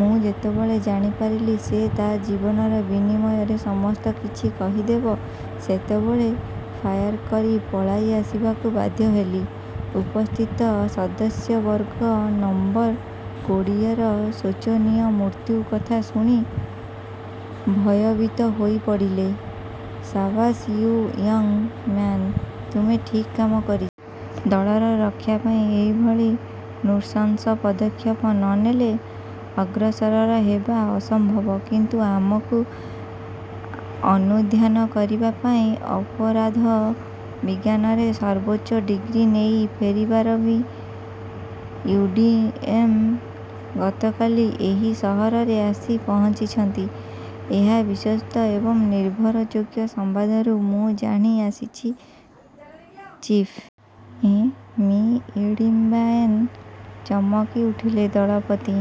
ମୁଁ ଯେତେବେଳେ ଜଣିପାରିଲି ସେ ତାର ଜୀବନ ବିନିମୟରେ ସମସ୍ତ କିଛି କହିଦେବ, ସେତେବେଳେ ଫାୟାର୍ କରି ପଳାଇ ଆସିବାକୁ ବାଧ୍ୟ ହେଲି। ଉପସ୍ଥିତ ସଦସ୍ୟବର୍ଗ ନମ୍ବର କୋଡ଼ିଏର ଶୋଚନୀୟ ମୃତ୍ୟୁ କଥା ଶୁଣି ଭୟଭୀତ ହୋଇପଡ଼ିଲେ। ସାବାସ୍ ୟୁ ୟଙ୍ଗ୍ ମ୍ୟାନ୍। ତୁମେ ଠିକ୍ କାମ କରିଛ। ଦଳର ରକ୍ଷା ପାଇଁ ଏହିଭଳି ନୃଶଂସ ପଦକ୍ଷେପ ନ ନେଲେ ଅଗ୍ରସର ହେବା ଅସମ୍ବବ। କିନ୍ତୁ ଆମକୁ ଆନୁଧ୍ୟାନ କରିବା ପାଇଁ ଅପରାଧ ବିଜ୍ଞାନରେ ସର୍ବୋଚ୍ଚ ଡିଗ୍ରୀ ନେଇ ଫେରିଥିବା ମି: ଇଡମ୍ବିଏନ୍ ଗତକାଲି ଏହି ସହରରେ ଆସି ପହଞ୍ଚିଛନ୍ତି। ଏହା ବିଶ୍ୱସ୍ତ ଏବଂ ନିର୍ଭରଯୋଗ୍ୟ ସମ୍ବାଦରୁ ମୁଁ ଜାଣି ଆସିଛି, ଚିଫ୍। ଏଁ ମି: ଇଡମ୍ବିଏନ୍। ଚମକି ଉଠିଲେ ଦଳପତି।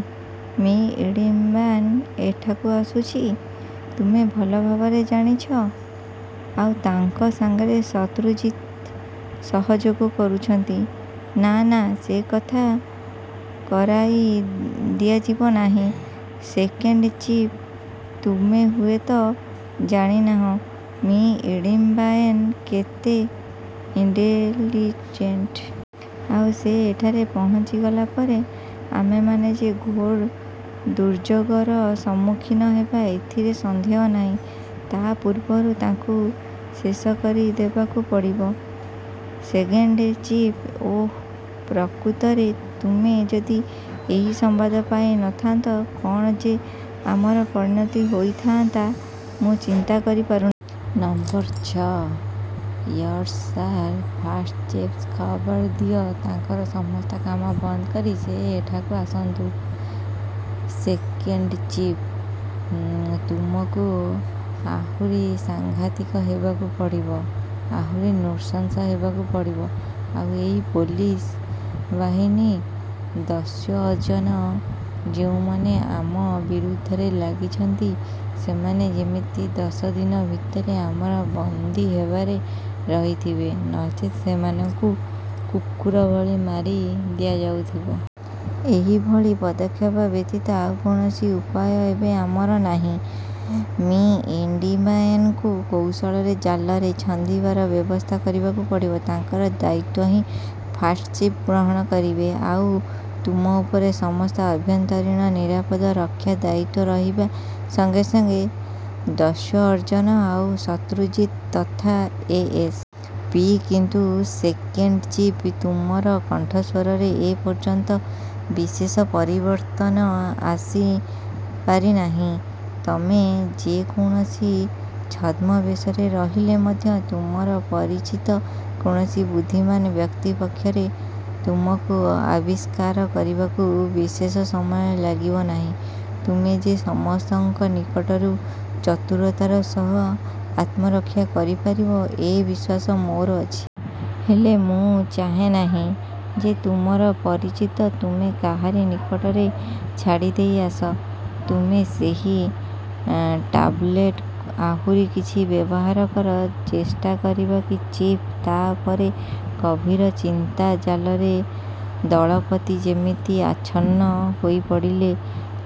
ମି: ଇଡେମ୍ବିଏନ୍ ଏଠାକୁ ଆସୁଛି? ତୁମେ ଭଲ ଭାବେରେ ଜାଣିଛ? ଆଉ ତାଙ୍କ ସଙ୍ଗେ ଶତ୍ରୁଜିତ ସହଯୋଗ କରୁଛନ୍ତି। ନା, ନା, ସେ କଥା କରାଇ ଦିଆଯିବ ନାହିଁ ସେକେଣ୍ଡ ଚିଫ୍। ତୁମେ ହୁଏତ ଜାଣି ନାହଁ ମି: ଇଡମ୍ବିଏନ୍ କେତେ ଇଣ୍ଟେଲିଜେଣ୍ଟ୍। ଆଉ ସେ ଏଠାରେ ପହଞ୍ଚିଗଲା ପରେ ଆମେମାନେ ଯେ ଘୋର ଦୁର୍ଯୋଗର ସମ୍ମୁଖୀନ ହେବା ଏଥିରେ ସନ୍ଦେହ ନାହିଁ। ତା ପୂର୍ବରୁ ତାକୁ ଶେଷ କରି ଦେବାକୁ ପଡ଼ିବ, ସେକେଣ୍ଡ ଚିଫ୍। ଓଃ, ପ୍ରକୃତରେ ତୁମେ ଯଦି ଏହି ସମ୍ବାଦ ପାଇ ନଥାନ୍ତ, କ'ଣ ଯେ ଆମର ପରିଣତି ହୋଇଥାଆନ୍ତା, ମୁଁ ଚିନ୍ତା କରିପାରୁ ନାହିଁ। ନମ୍ବର ଛ'-. Yes sir. ଫାଷ୍ଟ ଚିଫ୍ଙ୍କୁ ଖବର ଦିଅ। ତାଙ୍କର ସମସ୍ତ କାମ ବନ୍ଦ କରି ସେ ଏହିଠାକୁ ଆସନ୍ତୁ। Second chief. ତୁମକୁ ଆହୁରି ସଙ୍ଘାତିକ ହେବାକୁ ପଡ଼ିବ, ଆହୁରି ନୃଶଂସ ହେବାକୁ ପଡ଼ିବ। ଆଉ ଏହି ପୋଲିସ ବାହିନୀ, ଦସ୍ୟୁ ଅଜୟ-ଯେଉଁମାନେ ଆମ ବିରୁଦ୍ଧରେ ଲାଗିଛନ୍ତି, ସେମାନେ ଯେମିତି ଦଶ ଦିନ ଭିତରେ ଆମର ବନ୍ଦୀ ଭାବରେ ରହିଥିବେ; ନଚେତ୍ ସୋମାନଙ୍କୁ କୁକୁର ଭଳି ମାରି ଦିଆଯାଇଥିବ। ଏହି ଭଳି ପଦକ୍ଷେପ ବ୍ୟତୀତ ଆଉ କୌଣସି ଉପାୟ ଏବେ ଆମର ନାହିଁ-। ମି: ଇଡମ୍ବିଏନଙ୍କୁ କୌଶଳରେ ଜାଲରେ ଛନ୍ଦିବାର ବ୍ୟବସ୍ଥା କରିବାକୁ ପଡ଼ିବ। ତାଙ୍କର ଦାୟିତ୍ୱ ହିଁ ଫାଷ୍ଟ୍ ଚିଫ୍ ଗ୍ରହଣ କରିବେ। ଆଉ ତୁମ ଉପରେ ସମସ୍ତ ଆଭ୍ୟନ୍ତରୀଣ ନିରାପତ୍ତା ରକ୍ଷାର ଦାୟିତ୍ୱ ରହିବା ସଙ୍ଗେ ସଙ୍ଗେ ଦସ୍ୟୁ ଅଜୟ ଆଉ ଶତ୍ରୁଜିତ ତଥା ଏସ୍. ପି କିନ୍ତୁ ସେକେଣ୍ଡ ଚିଫ୍, ତୁମର କଣ୍ଠସ୍ୱରରେ ଏ ପର୍ଯ୍ୟନ୍ତ ବିଶେଷ ପରିବର୍ତ୍ତନ ଆସିପାରି ନାହିଁ। ତୁମେ ଯେ କୌଣସି ଛଦ୍ମ ବେଶରେ ରହିଲେ ମଧ୍ୟ ତୁମର ପରିଚିତ କୌଣସି ବୁଦ୍ଧିମାନ ବ୍ୟକ୍ତି ପକ୍ଷରେ ତୁମକୁ ଆବିଷ୍କାର କରିବାକୁ ବିଶେଷ ସମୟ ଲାଗିବ ନାହିଁ। ତୁମେ ଯେ ସେମାନଙ୍କ ନିକଟରୁ ଚତୁରତାର ସହ ଆତ୍ମରକ୍ଷା କରି ପାରିବ ଏ ବିଶ୍ୱାସ ମୋର ଅଛି। ହେଲେ, ମୁଁ ଚାହେଁ ନାହିଁ ଯେ ତୁମର ପରିଚିତ ତୁମେ କାହାରି ନିକଟରେ ଛାଡ଼ିଦେଇ ଆସ। ତୁମେ ସେହି ଟାବଲେଟ୍ ଆହୁରି କିଛି ବ୍ୟବହାର କର। ଚେଷ୍ଟା କରିବି, ଚିଫ୍ ତା ପରେ ଗଭୀର ଚିନ୍ତା ଜାଲରେ ଦଳପତି ଯେମିତି ଆଚ୍ଛନ୍ନ ହୋଇପଡ଼ିଲେ।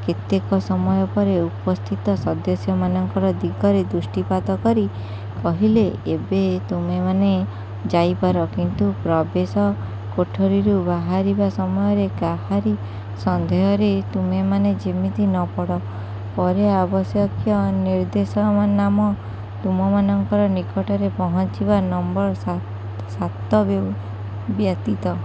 କେତେକ ସମୟ ପରେ ଉପସ୍ଥିତ ସଦସ୍ୟମାନଙ୍କ ଦିଗରେ ଦୃଷ୍ଟିପାତ କରି କହିଲେ-ଏବେ ତୁମେମାନେ ଯାଇପାର; କିନ୍ତୁ ପ୍ରବେଶ କୋଠରିରୁ ବାହାରିବା ସମୟରେ କାହାରି ସନ୍ଦେହରେ ତୁମେମାନେ ଯେମିତି ନ ପଡ଼। ପରେ ଆବଶ୍ୟକୀୟ ନିର୍ଦ୍ଦେଶନାମା ତୁମମାନଙ୍କ ନିକଟରେ ପହଞ୍ଚିବ। ନମ୍ବର ସାତ ବ୍ୟତୀତ